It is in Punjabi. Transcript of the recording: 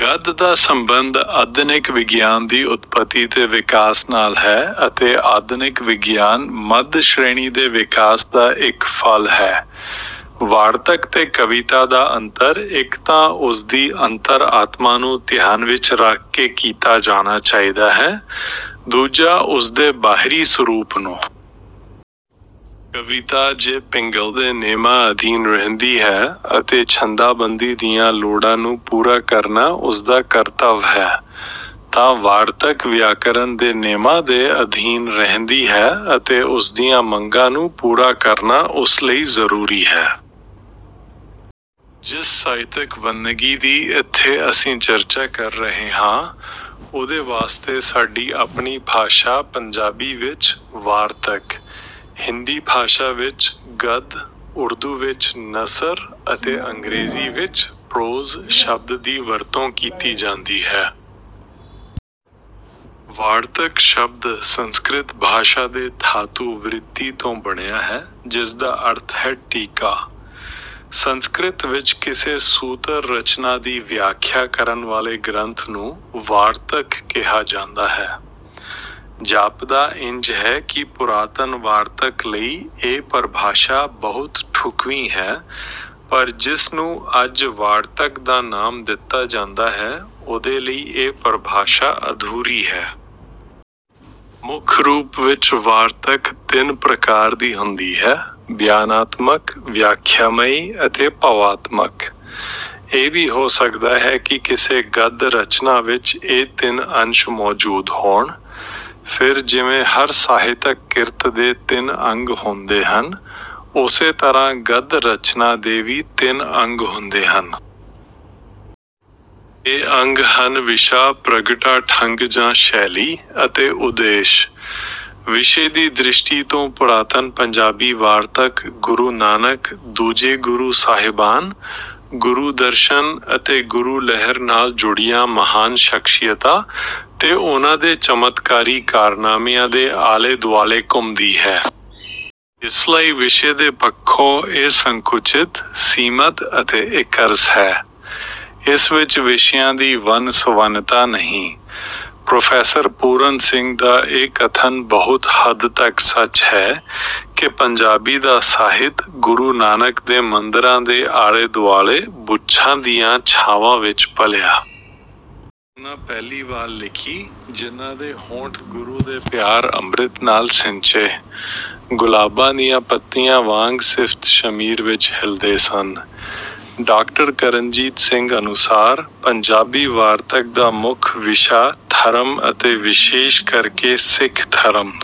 ਗੱਦ ਦਾ ਸੰਬੰਧ ਆਧੁਨਿਕ ਵਿਗਿਆਨ ਦੀ ਉਤਪਤੀ ਤੇ ਵਿਕਾਸ ਨਾਲ ਹੈ ਅਤੇ ਆਧੁਨਿਕ ਵਿਗਿਆਨ ਮੱਧ-ਸ਼੍ਰੇਣੀ ਦੇ ਵਿਕਾਸ ਦਾ ਇੱਕ ਫਲ ਹੈ। ”ਵਾਰਤਕ ਤੇ ਕਵਿਤਾ ਦਾ ਅੰਤਰ ਇੱਕ ਤਾਂ ਉਸ ਦੀ ਅੰਤਰ-ਆਤਮਾ ਨੂੰ ਧਿਆਨ ਵਿੱਚ ਰੱਖ ਕੇ ਕੀਤਾ ਜਾਣਾ ਚਾਹੀਦਾ ਹੈ, ਦੂਜਾ ਉਸ ਦੇ ਬਾਹਰੀ ਸਰੂਪ ਨੂੰ। ਕਵਿਤਾ ਜੇ ਪਿੰਗਲ ਦੇ ਨੇਮਾਂ ਅਧੀਨ ਰਹਿੰਦੀ ਹੈ ਅਤੇ ਛੰਦਾਬੰਦੀ ਦੀਆਂ ਲੋੜਾਂ ਨੂੰ ਪੂਰਾ ਕਰਨਾ ਉਸ ਦਾ ਕਰਤੱਵ ਹੈ ਤਾਂ ਵਾਰਤਕ ਵਿਆਕਰਨ ਦੇ ਨੇਮਾਂ ਦੇ ਅਧੀਨ ਰਹਿੰਦੀ ਹੈ ਅਤੇ ਉਸ ਦੀਆਂ ਮੰਗਾਂ ਨੂੰ ਪੂਰਾ ਕਰਨਾ ਉਸ ਲਈ ਜ਼ਰੂਰੀ ਹੈ। ਜਿਸ ਸਾਹਿਤਕ ਵੰਨਗੀ ਦੀ ਇੱਥੇ ਅਸੀਂ ਚਰਚਾ ਕਰ ਰਹੇ ਹਾਂ, ਉਹਦੇ ਵਾਸਤੇ ਸਾਡੀ ਆਪਣੀ ਭਾਸ਼ਾ ਪੰਜਾਬੀ ਵਿੱਚ ‘ਵਾਰਤਕ’, ਹਿੰਦੀ ਭਾਸ਼ਾ ਵਿੱਚ ‘ਗੱਦ’, ਉਰਦੂ ਵਿੱਚ ‘ਨਸਰ’ ਅਤੇ ਅੰਗਰੇਜ਼ੀ ਵਿੱਚ ‘ਪ੍ਰੋਜ਼’ ਸ਼ਬਦ ਦੀ ਵਰਤੋਂ ਕੀਤੀ ਜਾਂਦੀ ਹੈ। ‘ਵਾਰਤਕ’ ਸ਼ਬਦ ਸੰਸਕ੍ਰਿਤ ਭਾਸ਼ਾ ਦੇ ਧਾਤੂ ‘ਵ੍ਰਿਤਿ’ ਤੋਂ ਬਣਿਆ ਹੈ, ਜਿਸ ਦਾ ਅਰਥ ਹੈ ‘ਟੀਕਾ’। ਸੰਸਕ੍ਰਿਤ ਵਿੱਚ ਕਿਸੇ ਸੂਤਰ-ਰਚਨਾ ਦੀ ਵਿਆਖਿਆ ਕਰਨ ਵਾਲੇ ਗ੍ਰੰਥ ਨੂੰ ‘ਵਾਰਤਕ’ ਕਿਹਾ ਜਾਂਦਾ ਹੈ। ਜਾਪਦਾ ਇੰਜ ਹੈ ਕਿ ਪੁਰਾਤਨ ਵਾਰਤਕ ਲਈ ਇਹ ਪਰਿਭਾਸ਼ਾ ਬਹੁਤ ਢੁਕਵੀਂ ਹੈ, ਪਰ ਜਿਸ ਨੂੰ ਅੱਜ ਵਾਰਤਕ ਦਾ ਨਾਮ ਦਿੱਤਾ ਜਾਂਦਾ ਹੈ, ਉਹਦੇ ਲਈ ਇਹ ਪਰਿਭਾਸ਼ਾ ਅਧੂਰੀ ਹੈ। ਮੁੱਖ ਰੂਪ ਵਿੱਚ ਵਾਰਤਕ ਤਿੰਨ ਪ੍ਰਕਾਰ ਦੀ ਹੁੰਦੀ ਹੈ—ਬਿਆਨਾਤਮਕ, ਵਿਆਖਿਆਮਈ ਅਤੇ ਭਾਵਾਤਮਕ। ਇਹ ਵੀ ਹੋ ਸਕਦਾ ਹੈ ਕਿ ਕਿਸੇ ਗੱਦ-ਰਚਨਾ ਵਿੱਚ ਇਹ ਤਿੰਨੇ ਅੰਸ਼ ਮੌਜੂਦ ਹੋਣ। ਫਿਰ, ਜਿਵੇਂ ਹਰ ਸਾਹਿਤਕ ਕਿਰਤ ਦੇ ਤਿੰਨ ਅੰਗ ਹੁੰਦੇ ਹਨ, ਉਸੇ ਤਰ੍ਹਾਂ ਗੱਦ-ਰਚਨਾ ਦੇ ਵੀ ਤਿੰਨ ਅੰਗ ਹੁੰਦੇ ਹਨ। ਇਹ ਅੰਗ ਹਨ—ਵਿਸ਼ਾ, ਪ੍ਰਗਟਾ-ਢੰਗ ਜਾਂ ਸ਼ੈਲੀ ਅਤੇ ਉਦੇਸ਼। ਵਿਸ਼ੇ ਦੀ ਦ੍ਰਿਸ਼ਟੀ ਤੋਂ ਪੁਰਾਤਨ ਪੰਜਾਬੀ ਵਾਰਤਕ ਗੁਰੂ ਨਾਨਕ, ਦੂਜੇ ਗੁਰੂ ਸਾਹਿਬਾਨ, ਗੁਰੂ-ਦਰਸ਼ਨ ਅਤੇ ਗੁਰੂ ਲਹਿਰ ਨਾਲ ਜੁੜੀਆਂ ਮਹਾਨ ਸ਼ਖ਼ਸੀਅਤਾਂ ਤੇ ਉਨ੍ਹਾਂ ਦੇ ਚਮਤਕਾਰੀ ਕਾਰਨਾਮਿਆਂ ਦੇ ਆਲੇ-ਦੁਆਲੇ ਘੁੰਮਦੀ ਹੈ। ਇਸ ਲਈ ਵਿਸ਼ੇ ਦੇ ਪੱਖੋਂ ਇਹ ਸੰਕੁਚਿਤ, ਸੀਮਤ ਅਤੇ ਇਕਰਸ ਹੈ। ਇਸ ਵਿੱਚ ਵਿਸ਼ਿਆਂ ਦੀ ਵੰਨ-ਸੁਵੰਨਤਾ ਨਹੀਂ। ਪ੍ਰੋਫ਼ੈਸਰ ਪੂਰਨ ਸਿੰਘ ਦਾ ਇਹ ਕਥਨ ਬਹੁਤ ਹੱਦ ਤੱਕ ਸੱਚ ਹੈ ਕਿ “ਪੰਜਾਬੀ ਦਾ ਸਾਹਿਤ ਗੁਰੂ ਨਾਨਕ ਦੇ ਮੰਦਰਾਂ ਦੇ ਆਲੇ-ਦੁਆਲੇ ਬ੍ਰਿੱਛਾਂ ਦੀਆਂ ਛਾਵਾਂ ਵਿੱਚ ਪਲਿਆ। ਨਸਰ ਉਹਨਾਂ ਪਹਿਲੀ ਵਾਰ ਲਿਖੀ, ਜਿਨ੍ਹਾਂ ਦੇ ਹੋਂਠ ਗੁਰੂ ਦੇ ਪਿਆਰ-ਅੰਮ੍ਰਿਤ ਨਾਲ ਸਿੰਚੇ, ਗੁਲਾਬਾਂ ਦੀਆਂ ਪੱਤੀਆਂ ਵਾਂਗ ਸਿਫ਼ਤ-ਸ਼ਮੀਰ ਵਿੱਚ ਹਿਲਦੇ ਸਨ। ”ਡਾਕਟਰ ਕਰਨਜੀਤ ਸਿੰਘ ਅਨੁਸਾਰ, ਪੰਜਾਬੀ ਵਾਰਤਕ ਦਾ ਮੁੱਖ ਵਿਸ਼ਾ ਧਰਮ ਅਤੇ ਵਿਸ਼ੇਸ਼ ਕਰਕੇ ਸਿੱਖ ਧਰਮ...